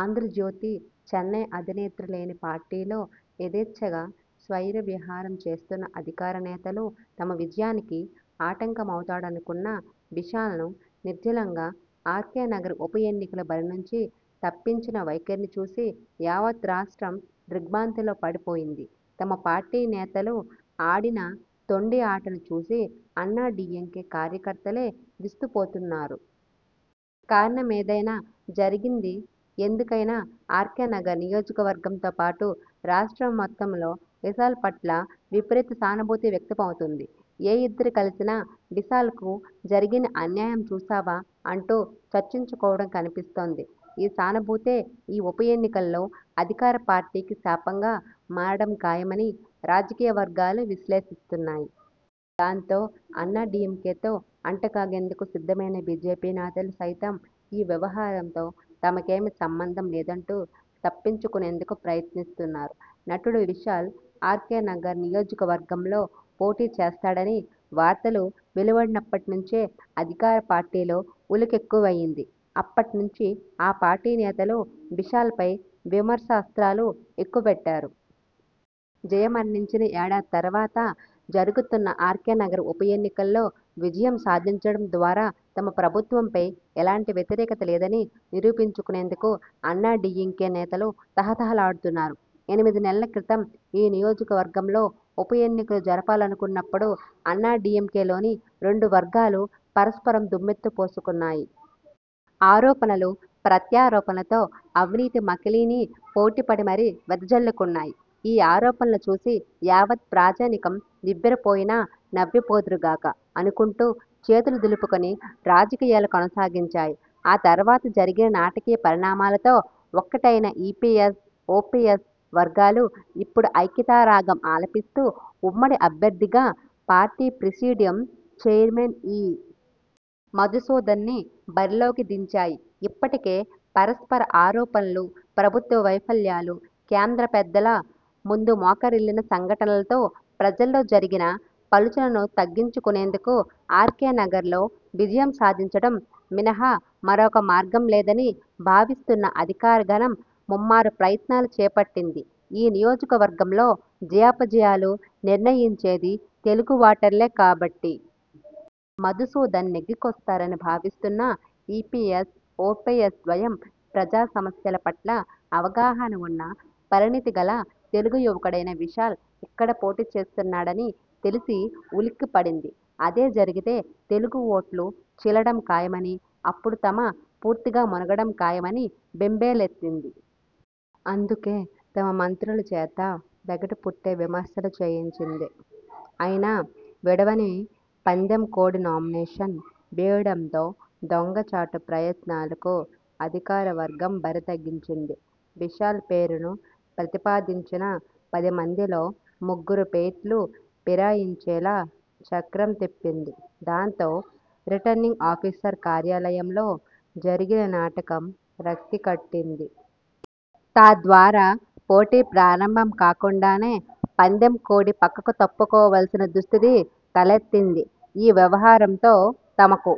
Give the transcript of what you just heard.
ఆంధ్రజ్యోతి, చెన్నై అధినేత్రి లేని పార్టీలో యధేచ్ఛగా స్వైర విహారం చేస్తున్న అధికార నేతలు, తమ విజయానికి ఆటంకమవుతాడనుకున్న విశాల్ను నిర్జలంగా ఆర్కే నగర్ ఉప ఎన్నికల బరి నుంచి తప్పించిన వైఖరిని చూసి యావత్ రాష్ట్రం దిగ్ర్భాంతిలో పడి పోయింది. తమ పార్టీ నేతలు ఆడిన తొండి ఆటను చూసి అన్నాడీఎంకే కార్య కర్తలే విస్తు పోతున్నారు. కారణం ఏదైనా, జరిగింది ఎందు కైనా ఆర్కే నగర్ నియోజక వర్గంతో పాటు రాష్ట్రం మొత్తం లో విశాల్ పట్ల విపరీత సానుభూతి వ్యక్త మవుతోంది. ఏ ఇద్దరు కలిసినా విశాల్కు జరిగిన అన్యాయం చూస్తావా? అంటూ చర్చించు కోవడం కనిపిస్తోంది. ఈ సానుభూతే ఈ ఉప ఎన్నికల్లో అధికార పార్టీకి శాపంగా మారడం ఖాయమని రాజకీయ వర్గాలు విశ్లేషిస్తున్నాయి. దాంతో అన్నా డీఎంకేతో అంట కాగేందుకు సిద్ధమైన బీజేపీ నేతలు సైతం ఈ వ్యవహారంతో తమకేమీ సంబంధం లేదంటూ తప్పించు కునేందుకు ప్రయత్నిస్తున్నారు. నటుడు విశాల్ ఆర్కే నగర్ నియోజక వర్గంలో పోటీ చేస్తాడని వార్తలు వెలు వడినప్పటి నుంచే అధికార పార్టీలో ఉలుకెక్కువైంది. అప్పటి నుంచి ఆ పార్టీ నేతలు విశాల్పై విమర్శ అస్త్రాలు ఎక్కు పెట్టారు. జయ మరణించిన ఏడాది తరువాత జరు గుతున్న ఆర్కే నగర్ ఉప ఎన్నికల్లో విజయం సాధించడం ద్వారా తమ ప్రభుత్వం పై ఎలాంటి వ్యతిరేకత లేదని నిరూపించు కునేందుకు అన్నా డీఎంకే నేతలు తహతహ లాడుతున్నారు. ఎనిమిది నెలల క్రితం ఈ నియోజక వర్గంలో ఉప ఎన్నిక జరపాలను కున్నప్పుడు అన్నా డీఎంకే లోని రెండు వర్గాలు పరస్పరం దుమ్మెత్తిపోసు కున్నాయి. ఆరోపణలు, ప్రత్యా రోపణలతో 'అవినీతి మకిలీ'ని పోటీపడి మరీ వెద జల్లు కున్నాయి. ఈ ఆరోపణలు చూసి యావత్ ప్రజానీకం నివ్వెర పోయినా, నవ్వి పోదురుగాక! అనుకుంటూ చేతులు దులుపుకుని రాజకీయాలు కొనసాగించాయి. ఆ తరువాత జరిగిన నాటకీయ పరిణామాలతో ఒక్కటైన ఈపీఎస్, ఓపీఎస్ వర్గాలు ఇప్పుడు ఐక్యతా రాగం ఆలపిస్తూ, ఉమ్మడి అభ్యర్థిగా పార్టీ ప్రిసీడియం చైర్మన్ ఇ. మధుసూదన్నీ బరిలోకి దించాయి. ఇప్పటికే పరస్పర ఆరోపణలు, ప్రభుత్వ వైఫల్యాలు, కేంద్ర పెద్దల, ముందు మోకరిల్లిన సంఘటనలతో ప్రజల్లో జరిగిన పలుచనను తగ్గించు కునేందుకు ఆర్కే నగర్లో విజయం సాధించడం మినహా మరొక మార్గం లేదని భావిస్తున్న అధికార గణం, ముమ్మర ప్రయత్నాలు చేపట్టింది. ఈ నియోజక వర్గంలో జయాపజయాలు నిర్ణయించేది తెలుగు ఓటర్లే కాబట్టి. మధుసూదన్ నెగ్గుకొస్తారని భావిస్తున్న ఈపీఎస్ ఓపీఎస్ ధ్వయం, ప్రజా సమస్యల పట్ల అవగాహన వున్న పరిణతి గల తెలుగు యువకుడైన విశాల్ ఇక్కడ పోటీ చేస్తున్నాడని తెలిసి ఉలిక్కి పడింది. అదే జరిగితే తెలుగు ఓట్లు చీలడం ఖాయమని, అప్పుడు తమ పుర్తిగా మునగడం ఖాయమని బెంబే లెత్తింది. అందుకే తమ మంత్రుల చేత వెగటు పుట్టే విమర్శలు చేయించింది. అయినా వెడవని 'పందెం కోడి' నామినేషన్ వేయడంతో 'దొంగ చాటు' ప్రయత్నాలకు అధికార వర్గం బరి తగించింది. విశాల్ పేరును ప్రతి పాదించిన పది మందిలో ముగ్గురు పెట్లు ఫిరాయించేలా చక్రం తిప్పింది. దాంతో రిటర్నింగ్ ఆఫీసర్ కార్యాలయంలో జరిగిన 'నాటకం' రక్తి కట్టింది. తద్వారా పోటీ ప్రారంభం కాకుండానే పందెం కోడి పక్కకు తప్పు కోవాల్సిన దుస్థితి తలెత్తింది. ఈ వ్యవహారంతో తమకు